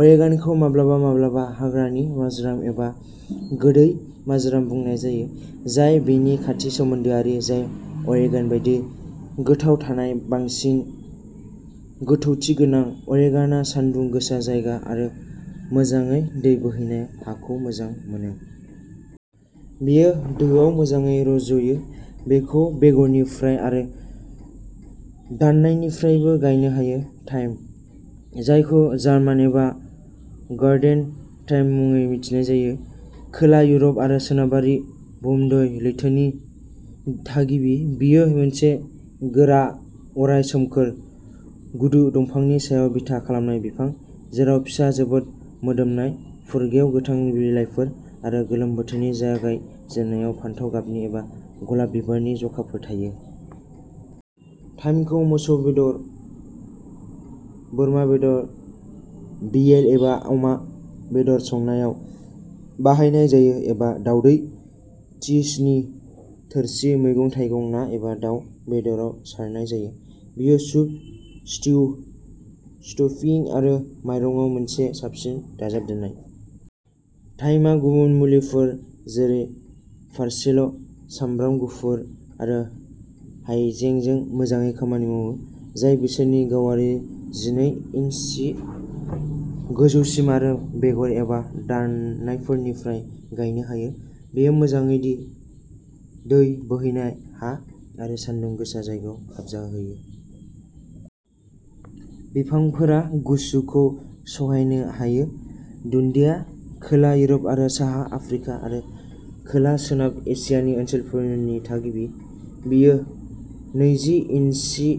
अरेगान'खौ माब्लाबा माब्लाबा हाग्रानि मार्जराम एबा गोदै मार्जराम बुंनाय जायो, जाय बेनि खाथि सोमोन्दोआरि, जाय अरेगान' बायदि गोथाव थानाय बांसिन गोथौथि गोनां। अरेगान'आ सानदुं गोसा जायगा आरो मोजाङै दै बोहैनाय हाखौ मोजां मोनो। बेयो दोआव मोजाङै रज'यो। बेखौ बेगरनिफ्राय आरो दाननायनिफ्रायबो गायनो हायो। थाइम, जायखौ जार्मान एबा गार्डेन थाइम मुङै मिथिनाय जायो, खोला इउर'प आरो सोनाबारि भुमध्य लैथोनि थागिबि। बेयो मोनसे गोरा अराय सोमखोर, गुदु, दंफांनि सायाव बिथा खालामनाय बिफां, जेराव फिसा, जोबोद मोदोमनाय, फुरगेव गोथां बिलाइफोर आरो गोलोम बोथोरनि जागायजेन्नायाव फान्थाव गाबनि एबा गलाब बिबारनि जखाफोर थायो। थाइमखौ मोसौ बेदर, बोरमा बेदर, भियेल एबा अमा बेदर संनायाव बाहायनाय जायो, एबा दावदै, चीजनि थोरसि, मैगं थाइगं, ना एबा दाव बेदराव सारनाय जायो। बेयो सुप, स्टिउ, स्टफिं आरो माइरंआव मोनसे साबसिन दाजाबदेरनाय। थाइमआ गुबुन मुलिफोर जेरै पार्सले, सामब्राम गुफुर आरो हायजेंजों मोजाङै खामानि मावो, जाय बिसोरनि गावारि जिनै इन्सि गोजौसिम आरो बेगर एबा दाननायफोरनिफ्राय गायनो हायो। बेयो मोजाङै दै बोहैनाय हा आरो सानदुं गोसा जायगायाव खाबजाहोयो। बिफांफोरा गुसुखौ सहायनो हायो। दुन्दिया खोला इउरप आरो साहा आफ्रिका आरो खोला सोनाब एसियानि ओनसोलफोरनि थागिबि। बेयो नैजि इन्सि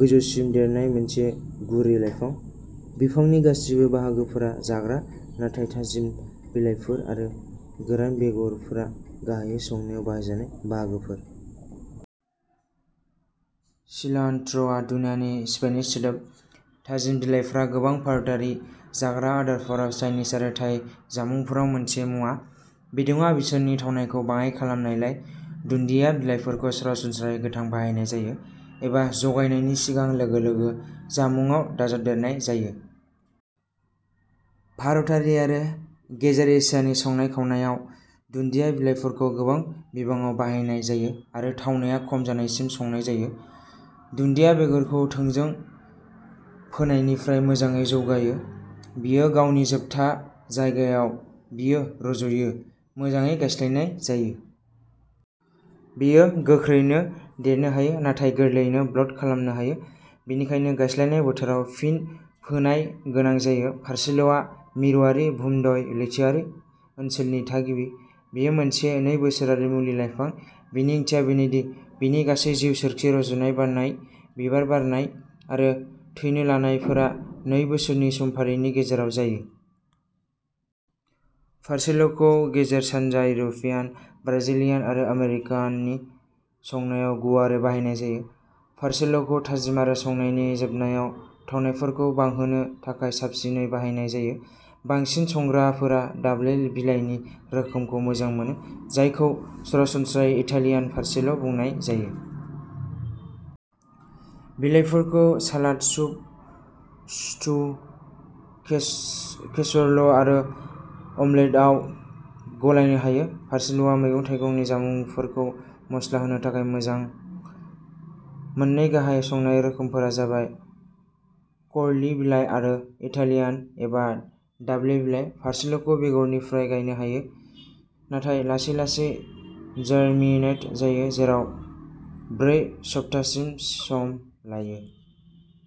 गोजौसिम देरनाय मोनसे गुरै लाइफां। बिफांनि गासैबो बाहागोफोरा जाग्रा, नाथाय थाजिम बिलाइफोर आरो गोरान बेगरफोरा गाहायै संनायाव बाहायजानाय बाहागोफोर। सिलान्ट्र'आ दुन्दियानि स्पेनिश सोदोब। थाजिम बिलाइफोरा गोबां भारतारि जाग्रा आदारफोराव चाइनिज आरो थाई जामुंफोराव मोनसे मुवा। बिदुंआ बिसोरनि थावनायखौ बाङाइ खालामनायलाय, दुन्दिया बिलाइफोरखौ सरासनस्रायै गोथां बाहायनाय जायो एबा जगायनायनि सिगां लोगो लोगो जामुंआव दाजाबदेरनाय जायो। भारतारि आरो गेजेर एसियानि संनाय खावनायाव, दुन्दिया बिलाइफोरखौ गोबां बिबाङाव बाहायनाय जायो आरो थावनाया खम जानायसिम संनाय जायो। दुन्दिया बेगरखौ थोंजों फोनायनिफ्राय मोजाङै जौगायो। बेयो गावनि जोबथा जायगायाव। बेयो रज'यो। मोजाङै गायस्लायनाय जायो। बेयो गोख्रैनो देरनो हायो नाथाय गोरलैयैनो बल्ट खालामनो हायो, बेनिखायनो गायस्लायनाय बोथोराव फिन फोनाय गोनां जायो। पार्सलेआ मिरुआरि भुमध्य लैथोआरि ओनसोलनि थागिबि। बेयो मोनसे नै बोसोरारि मुलि लाइफां। बेनि ओंथिया बेनो दि बिनि गासै जिउ सोरखि, रज'नाय, बारनाय, बिबार बारनाय आरो थैनो लानायफोरा नै बोसोरनि समफारिनि गेजेराव जायो। पार्सेल'खौ गेजेर सानजा, इउर'पियान, ब्राजिलियान आरो आमेरिकानि संनायाव गुवारै बाहायनाय जायो। पार्सेल'खौ थाजिम आरो संनायनि जोबनायाव थावनायफोरखौ बांहोनो थाखाय साबसिनै बाहायनाय जायो। बांसिन संग्राफोरा दाब्ले बिलाइनि रोखोमखौ मोजां मोनो, जायखौ सरासनस्रायै इटालियान पार्सेल बुंनाय जायो। बिलाइफोरखौ सालाद, सुप, स्टु, केसर'ल आरो अमलेटआव गलायनो हायो। पार्सलेआ मैगं थाइगंनि जामुंफोरखौ मस्ला होनो थाखाय मोजां। मोननै गाहाय संनाय रोखोमफोरा जाबाय कर्ली बिलाइ आरो इटालियान, एबा दाब्ले बिलाइ। पार्सलेखौ बेगरनिफ्राय गायनो हायो नाथाय लासै लासै जारमिनेट जायो, जेराव ब्रै सप्तासिम सम।